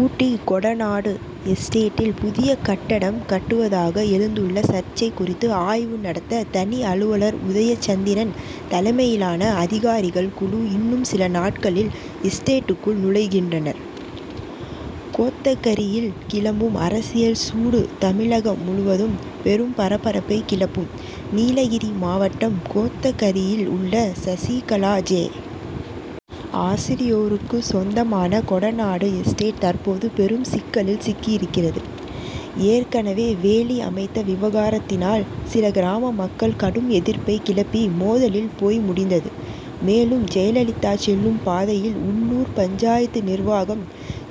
ஊட்டி கொடநாடு எஸ்டேட்டில் புதிய கட்டடம் கட்டுவதாக எழுந்துள்ள சர்ச்சை குறித்து ஆய்வு நடத்த தனி அலுவலர் உதயசந்திரன் தலைமையிலான அதிகாரிகள் குழு இன்னும் சில நாட்களில் எஸ்டேட்டுக்குள் நுழைகின்றனர். கோத்தகரியில் கிளம்பும் அரசியல் சூடு தமிழகம் முழுவதும் பெரும் பரபரப்பை கிளப்பும். நீலகிரி மாவட்டம் கோத்தகரியில் உள்ள சசிகலா, ஜெ., ஆகியோருக்கு சொந்தமான கொடநாடு எஸ்டேட் தற்போது பெரும் சிக்கலில் சிக்கியிருக்கிறது. ஏற்கனவே வேலி அமைத்த விவகாரத்தினால் சில கிராம மக்கள் கடும் எதிர்ப்பை கிளப்பி மோதலில் போய் முடிந்தது. மேலும் ஜெயலலிதா செல்லும் பாதையில் உள்ளூர் பஞ்சாயத்து நிர்வாகம்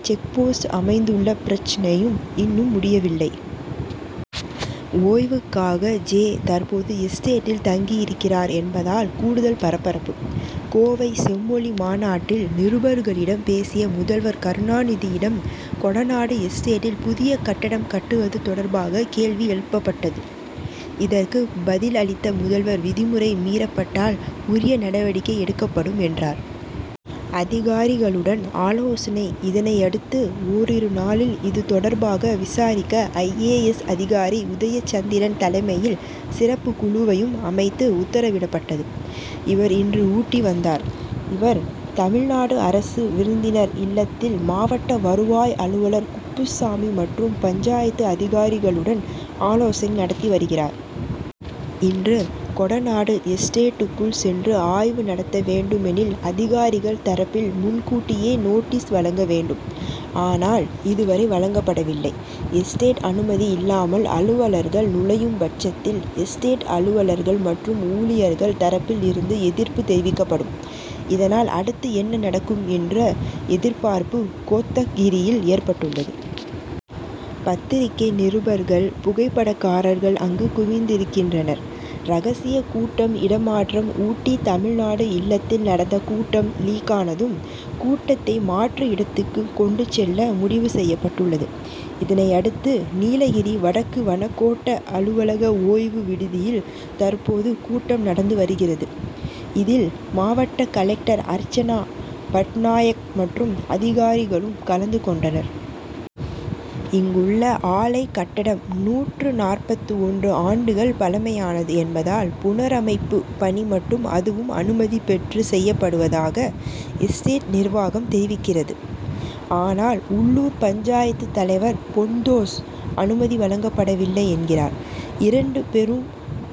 செக்போஸ்ட் அமைத்துள்ள பிரச்னையும் இன்னும் முடியவில்லை. ஓய்வுக்காக ஜெ., தற்போது எஸ்டேட்டில் தங்கி இருக்கிறார் என்பதால் கூடுதல் பரபரப்பு. கோவை செம்மொழி மாநாட்டில் நிருபர்களிடம் பேசிய முதல்வர் கருணாநிதியிடம் கொடநாடு எஸ்டேட்டில் புதிய கட்டடம் கட்டுவது தொடர்பாக கேள்வி எழுப்பப்பட்டது. இதற்கு பதில் அளித்த முதல்வர் விதிமுறை மீறப்பட்டால் உரிய நடவடிக்கை எடுக்கப்படும் என்றார். அதிகாரிகளுடன் ஆலோசனை இதனையடுத்து ஒரிரு நாளில் இது தொடர்பாக விசாரிக்க ஐ. ஏ. எஸ்., அதிகாரி உதயச்சந்திரன் தலைமையில் சிறப்பு குழுவையும் அமைத்து உத்தரவிடப்பட்டது. இவர் இன்று ஊட்டி வந்தார். இவர் தமிழ்நாடு அரசு விருந்தினர் இல்லத்தில் மாவட்ட வருவாய் அலுவலர் குப்புச்சாமி, மற்றும் பஞ்சாயத்து அதிகாரிகளுடன் ஆலோசனை நடத்தி வருகிறார். இன்று கொட நாடு எஸ்டேட்டுக்குள் சென்று ஆய்வு நடத்த வேண்டுமெனில் அதிகாரிகள் தரப்பில் முன்கூட்டியே நோட்டீஸ் வழங்க வேண்டும். ஆனால் இதுவரை வழங்கப்படவில்லை. எஸ்டேட் அனுமதி இல்லாமல் அலுவலர்கள் நுழையும் பட்சத்தில், எஸ்டேட் அலுவலர்கள் மற்றும் ஊழியர்கள் தரப்பில் இருந்து எதிர்ப்பு தெரிவிக்கப்படும். இதனால் அடுத்து என்ன நடக்கும் என்ற எதிர்பார்ப்பு கோத்தகிரியில் ஏற்பட்டுள்ளது. பத்திரிகை நிருபர்கள், புகைப்படக்காரர்கள் அங்கு குவிந்திருக்கின்றனர். ரகசிய கூட்டம் இடமாற்றம் ஊட்டி தமிழ்நாடு இல்லத்தில் நடந்த கூட்டம் லீக்கானதும், கூட்டத்தை மாற்று இடத்துக்கு கொண்டு செல்ல முடிவு செய்யப்பட்டுள்ளது. இதனையடுத்து நீலகிரி வடக்கு வனக்கோட்ட அலுவலக ஓய்வு விடுதியில் தற்போது கூட்டம் நடந்து வருகிறது. இதில் மாவட்ட கலெக்டர் அர்ச்சனா பட்நாயக் மற்றும் அதிகாரிகளும் கலந்து கொண்டனர். இங்குள்ள ஆலை கட்டடம் நூற்று நாற்பத்து ஒன்று ஆண்டுகள் பழமையானது என்பதால் புனரமைப்பு பணி மட்டும் அதுவும் அனுமதி பெற்று செய்யப்படுவதாக எஸ்டேட் நிர்வாகம் தெரிவிக்கிறது. ஆனால் உள்ளூர் பஞ்சாயத்து தலைவர் பொன்தோஸ் அனுமதி வழங்கப்படவில்லை என்கிறார். இரண்டு பெரும்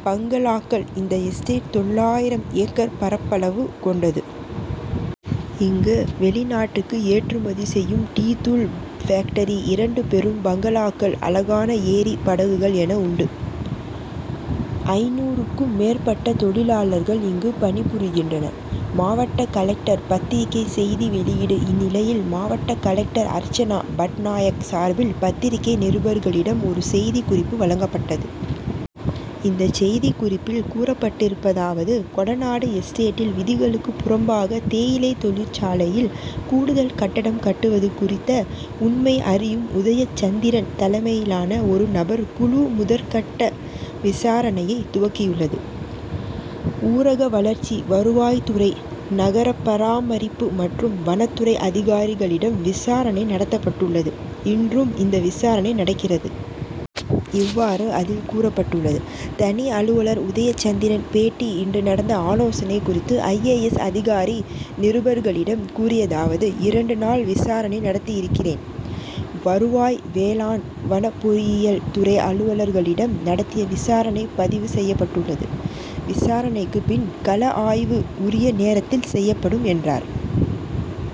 பங்களாக்கள் இந்த எஸ்டேட் தொள்ளாயிரம் ஏக்கர் பரப்பளவு கொண்டது. இங்கு வெளிநாட்டுக்கு ஏற்றுமதி செய்யும் டீ தூள் பேக்டரி, இரண்டு பெரும் பங்களாக்கள், அழகான ஏரி, படகுகள் என உண்டு. ஐந்நூறு க்கும் மேற்பட்ட தொழிலாளர்கள் இங்கு பணிபுரிகின்றனர். மாவட்ட கலெக்டர் பத்திரிகை செய்தி வெளியீடு இந்நிலையில் மாவட்ட கலெக்டர் அர்ச்சனா பட்நாயக் சார்பில் பத்திரிகை நிருபர்களிடம் ஒரு செய்தி குறிப்பு வழங்கப்பட்டது. இந்த செய்திக்குறிப்பில் கூறப்பட்டிருப்பதாவது கொடநாடு எஸ்டேட்டில் விதிகளுக்கு புறம்பாக தேயிலை தொழிற்சாலையில் கூடுதல் கட்டடம் கட்டுவது குறித்த உண்மை அறியும் உதயச்சந்திரன் தலைமையிலான ஒரு நபர் குழு முதற்கட்ட விசாரணையை துவக்கியுள்ளது. ஊரகவளர்ச்சி, வருவாய்துறை, நகரபராமரிப்பு, மற்றும் வனத்துறை அதிகாரிகளிடம் விசாரணை நடத்தப்பட்டுள்ளது. இன்றும் இந்த விசாரணை நடக்கிறது. இவ்வாறு அதில் கூறப்பட்டுள்ளது. தனி அலுவலர் உதயச்சந்திரன் பேட்டி இன்று நடந்த ஆலோசனை குறித்து ஐ. ஏ. எஸ், அதிகாரி நிருபர்களிடம் கூறியதாவது இரண்டு நாள் விசாரணை நடத்தியிருக்கிறேன். வருவாய், வேளாண், வன, பொறியியல் துறை அலுவலர்களிடம் நடத்திய விசாரணை பதிவு செய்யப்பட்டுள்ளது. விசாரணைக்கு பின் கள ஆய்வு, உரிய நேரத்தில் செய்யப்படும் என்றார்.